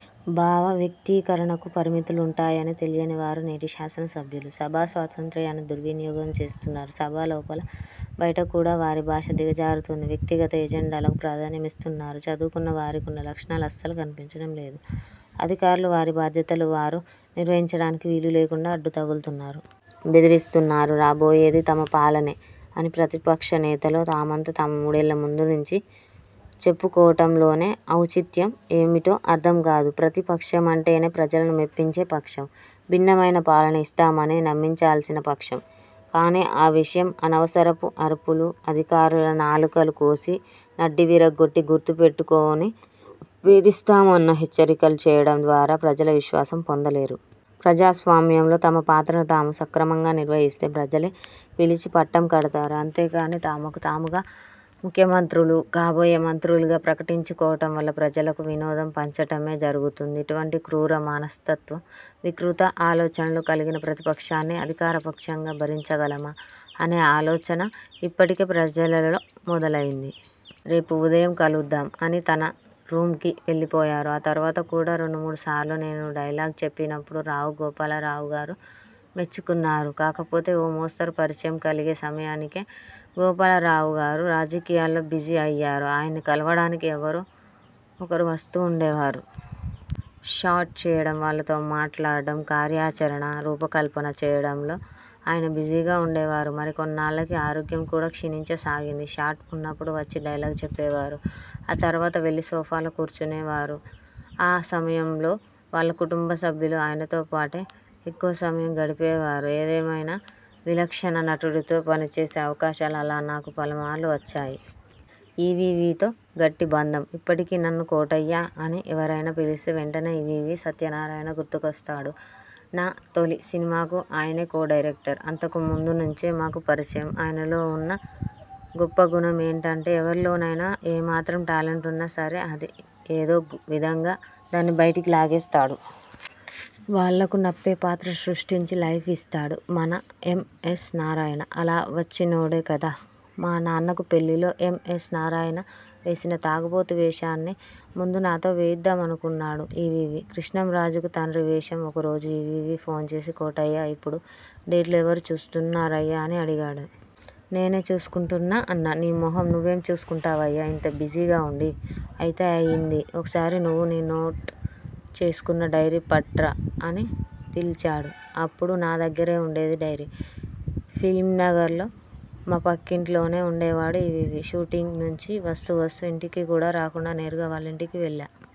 భావ వ్యక్తీకరణకు పరిమితులుంటాయని తెలియని వారు నేటి శాసన సభ్యులు. సభా స్వాతంత్ర్యాన్ని దుర్వినియోగం చేస్తున్నారు. సభ లోపల, బయట కూడా వారి భాష దిగజారుతోంది. వ్యక్తిగత ఎజెండాలకు ప్రాధాన్యమిస్తున్నారు. చదువుకున్న వారికున్న లక్షణాలు అస్సలు కనిపించటంలేదు. అధికారులు వారి బాధ్యతలు వారు నిర్వహించటానికి వీలు లేకుండా అడ్డు తగులుతున్నారు. బెదిరిస్తున్నారు. రాబోయేది తమ పాలనే అని ప్రతిపక్షనేతలు తమంత తాము మూడేళ్ల ముందునుంచి చెప్పుకోవటంలోని ఔచిత్యం ఏమిటో అర్థం కాదు. ప్రతి పక్షమంటేనే ప్రజలను మెప్పించే పక్షం. భిన్నమైన పాలన ఇస్తామని నమ్మించాల్సిన పక్షం. కానీ ఆ విషయం అనవసరపు అరుపులు, అధికారుల నాలుకలు కోసి, నడ్డి విరగ్గొట్టి, గుర్తుపెట్టుకుని వేధిస్తామన్న హెచ్చరికలు చేయటం ద్వారా ప్రజల విశ్వాసం పొందలేరు. ప్రజాస్వామ్యంలో తమ పాత్రను తాము సక్రమంగా నిర్వహిస్తే ప్రజలే పిలిచి పట్టం కడతారు. అంతేకానీ తమకు తాముగా ముఖ్యమంత్రులు, కాబోయే మంత్రులుగా ప్రకటించుకోవటం వల్ల ప్రజలకు వినోదం పంచటమే జరుగుతుంది. ఇటువంటి క్రూరమనస్తత్వం, వికృత ఆలోచనలు కలిగిన ప్రతిపక్షాన్ని అధికారపక్షంగా భరించగలమా! అనే ఆలోచన ఇప్పటికే ప్రజలలో మొదలైంది. రేపు ఉదయం కలుద్దాం' అని తన రూమ్కి వెళ్ళిపోయారు. ఆ తర్వాత కూడా రెండుమూడు సార్లు నేను డైలాగు చెప్పినప్పుడు రావుగోపాలరావుగారు మెచ్చుకున్నారు. కాకపోతే ఓ మోస్తరు పరిచయం కలిగే సమయానికే గోపాలరావుగారు రాజకీయాల్లో బిజీ అయ్యారు. ఆయన్ని కలవడానికి ఎవరో ఒకరు వస్తూ ఉండేవారు. షాట్ చేయడం, వాళ్లతో మాట్లాడటం, కార్యాచరణ రూపకల్పన చేయడంలో ఆయన బిజీగా ఉండేవారు. మరికొన్నాళ్లకి ఆరోగ్యం కూడా క్షీణించసాగింది. షాట్ ఉన్నప్పుడు వచ్చి డైలాగ్ చెప్పేవారు. ఆ తర్వాత వెళ్లి సోఫాలో కూర్చునేవారు. ఆ సమయంలో వాళ్ల కుటుంబసభ్యులు ఆయనతోపాటే ఎక్కువ సమయం గడిపేవారు. ఏదేమైనా విలక్షణ నటుడితో పనిచేసే అవకాశాలు అలా నాకు పలుమార్లు వచ్చాయి. ఈవీవీతో గట్టి బంధం ఇప్పటికీ నన్ను 'కోటయ్యా' అని ఎవరైనా పిలిస్తే వెంటనే ఈవీవీ సత్యనారాయణ గుర్తుకొస్తాడు. నా తొలి సినిమాకు ఆయనే కో-డైరెక్టర్. అంతకుముందునుంచే మాకు పరిచయం. ఆయనలో ఉన్న గొప్పగుణం ఏంటంటే, ఎవరిలోనైనా ఏమాత్రం టాలెంట్ ఉన్నా సరే ఏదో విధంగా దాన్ని బైటికి లాగేస్తాడు. వాళ్లకునప్పే పాత్ర సృష్టించి లైఫ్ ఇస్తాడు. మన ఎం. ఎస్. నారాయణ అలా వచ్చినోడే కదా. 'మా నాన్నకు పెళ్ళి'లో ఎం. ఎస్. నారాయణ వేసిన తాగుబోతు వేషాన్ని ముందు నాతో వేయిద్దామనుకున్నాడు ఈవీవీ. కృష్ణంరాజుకు తండ్రి వేషం ఒకరోజు ఈవీవీ ఫోన్ చేసి 'కోటయ్యా ఇప్పుడు డేట్లు ఎవరు చూస్తున్నారయ్యా' అని అడిగాడు. 'నేనే చూసుకుంటున్నా' అన్నా. 'నీ మొహం నువ్వేం చూసుకుంటావయ్యా ఇంత బిజీగా ఉండి. అయితే అయింది ఒకసారి నువ్వు నోట్ చేసుకున్న డైరీ పట్రా' అని పిలిచాడు. అప్పుడు నా దగ్గరే ఉండేది డైరీ. ఫిల్మ్నగర్లో మా పక్కింట్లోనే ఉండేవాడు ఈవీవీ. షూటింగ్ నుంచి వస్తూ వస్తూ ఇంటికి కూడా రాకుండా, నేరుగా వాళ్లింటికి వెళ్లా.